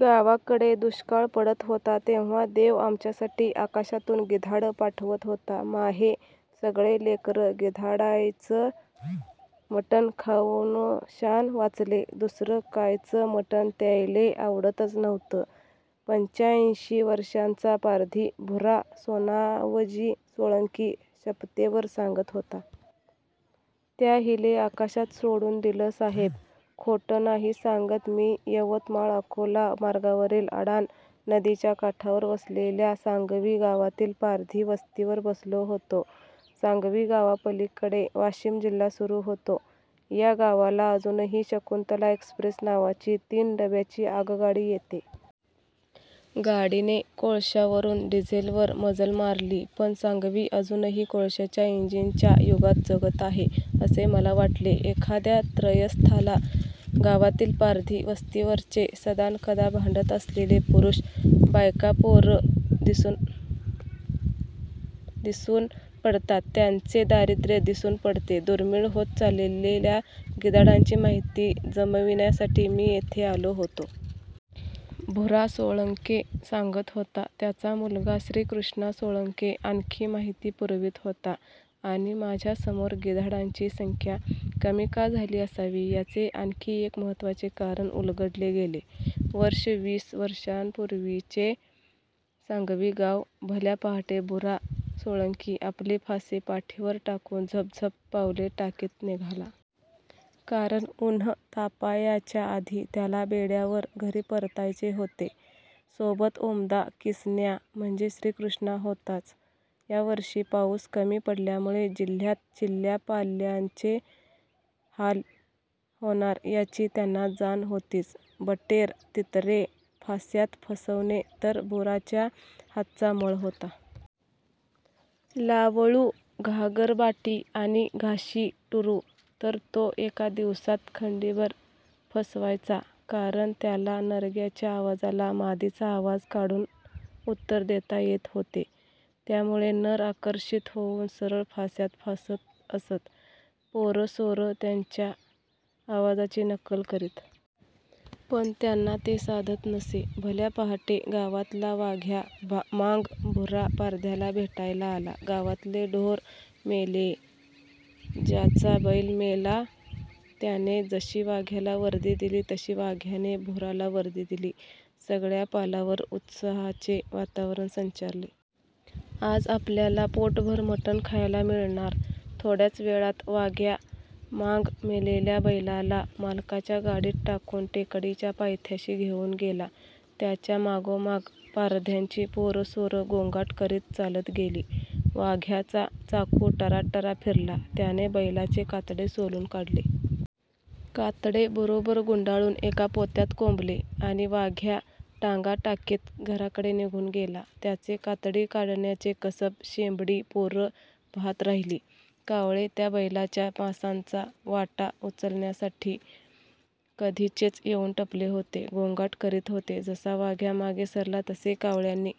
गावाकडे दुष्काळ पडत होता तेव्हा देव आमच्यासाठी आकाशातून गिधाडं पाठवत होता. माहे सगळे लेकरं गिधाडायचं मटण खाऊनशान वाचले. दुसरं कायचं मटण त्यायले आवडतच नव्हतं. पंच्याऐंशी वर्षांचा पारधी भुरा सोनावजी सोळंकी शपथेवर सांगत होता. त्याहिले आकाशात सोडून दिलं साहेब. खोटं नाही सांगत. मी यवतमाळ अकोला मार्गावरील अडाण नदीच्या काठावर वसलेल्या सांगवी गावातील पारधी वस्तीवर बसलो होतो. सांगवी गावापलीकडे वाशिम जिल्हा सुरू होतो. या गावाला अजूनही शकुंतला एक्सप्रेस नावाची तीन डब्याची आगगाडी येते. गाडीने कोळशावरून डिझेलवर मजल मारली पण सांगवी अजूनही कोळशाच्या इंजिनच्या युगात जगत आहे असे मला वाटले. एखाद्या त्रयस्थाला गावातील पारधी वस्तीवरचे सदानकदा भांडत असलेले पुरुष बायकापोरं दिसून पडतात. त्यांचे दारिद्र्य दिसून पडते. दुर्मिळ होत चाललेल्या गिधाडांची माहिती जमविण्यासाठी मी येथे आलो होतो. भुरा सोळंके सांगत होता. त्याचा मुलगा श्रीकृष्णा सोळंके आणखी माहिती पुरवीत होता. आणि माझ्यासमोर गिधाडांची संख्या कमी का झाली असावी याचे आणखी एक महत्त्वाचे कारण उलगडले गेले! वर्ष. वीस वर्षांपूर्वीचे सांगवी गाव. भल्या पहाटे भुरा सोळंकी आपले फासे पाठीवर टाकून झपझप पावले टाकीत निघाला. कारण उन्हं तापायाच्या आधी त्याला बेड्यावर घरी परतायचे होते. सोबत उमदा कीसन्या म्हणजे श्रीकृष्णा होताच. यावर्षी पाऊस कमी पडल्यामुळे जिल्ह्यात चिल्ल्यापाल्यांचे हाल होणार याची त्यांना जाण होतीच. बटेर, तितरे फास्यात फसवणे तर भुराच्या हातचा मळ होता. लावळू, घागरबाटी आणि घाशी टुरु तर तो एका दिवसात खंडीभर फसवायचा. कारण त्याला नरग्याच्या आवाजाला मादीचा आवाज काढून उत्तर देता येत होते. त्यामुळे नर आकर्षित होऊन सरळ फास्यात फसत असत. पोरंसोरं त्याच्या आवाजाची नक्कल करीत. पण त्यांना ते साधत नसे. भल्या पहाटे गावातला वाघ्या मांग भुरा पारध्याला भेटायला आला. गावातले ढोर मेलेय. ज्याचा बैल मेला त्याने जशी वाघ्याला वर्दी दिली तशी वाघ्याने भुराला वर्दी दिली. सगळ्या पालावर उत्साहाचे वातावरण संचारले. आज आपल्याला पोटभर मटन खायला मिळणार. थोड्याच वेळात वाघ्या मांग मेलेल्या बैलाला मालकाच्या गाडीत टाकून टेकडीच्या पायथ्याशी घेऊन गेला. त्याच्या मागोमाग पारध्यांची पोरंसोरं गोंगाट करीत चालत गेली. वाघ्याचा चाकू टराटरा फिरला. त्याने बैलाचे कातडे सोलून काढले. कातडे बरोबर गुंडाळून एका पोत्यात कोंबले आणि वाघ्या टांगा टाकीत घराकडे निघून गेला. त्याचे कातडी काढण्याचे कसब शेंबडी पोरं पहात राहिली. कावळे त्या बैलाच्या मांसाचा वाटा उचलण्यासाठी कधीचेच येऊन टपले होते. गोंगाट करीत होते. जसा वाघ्या मागे सरला तसे कावळ्यांनी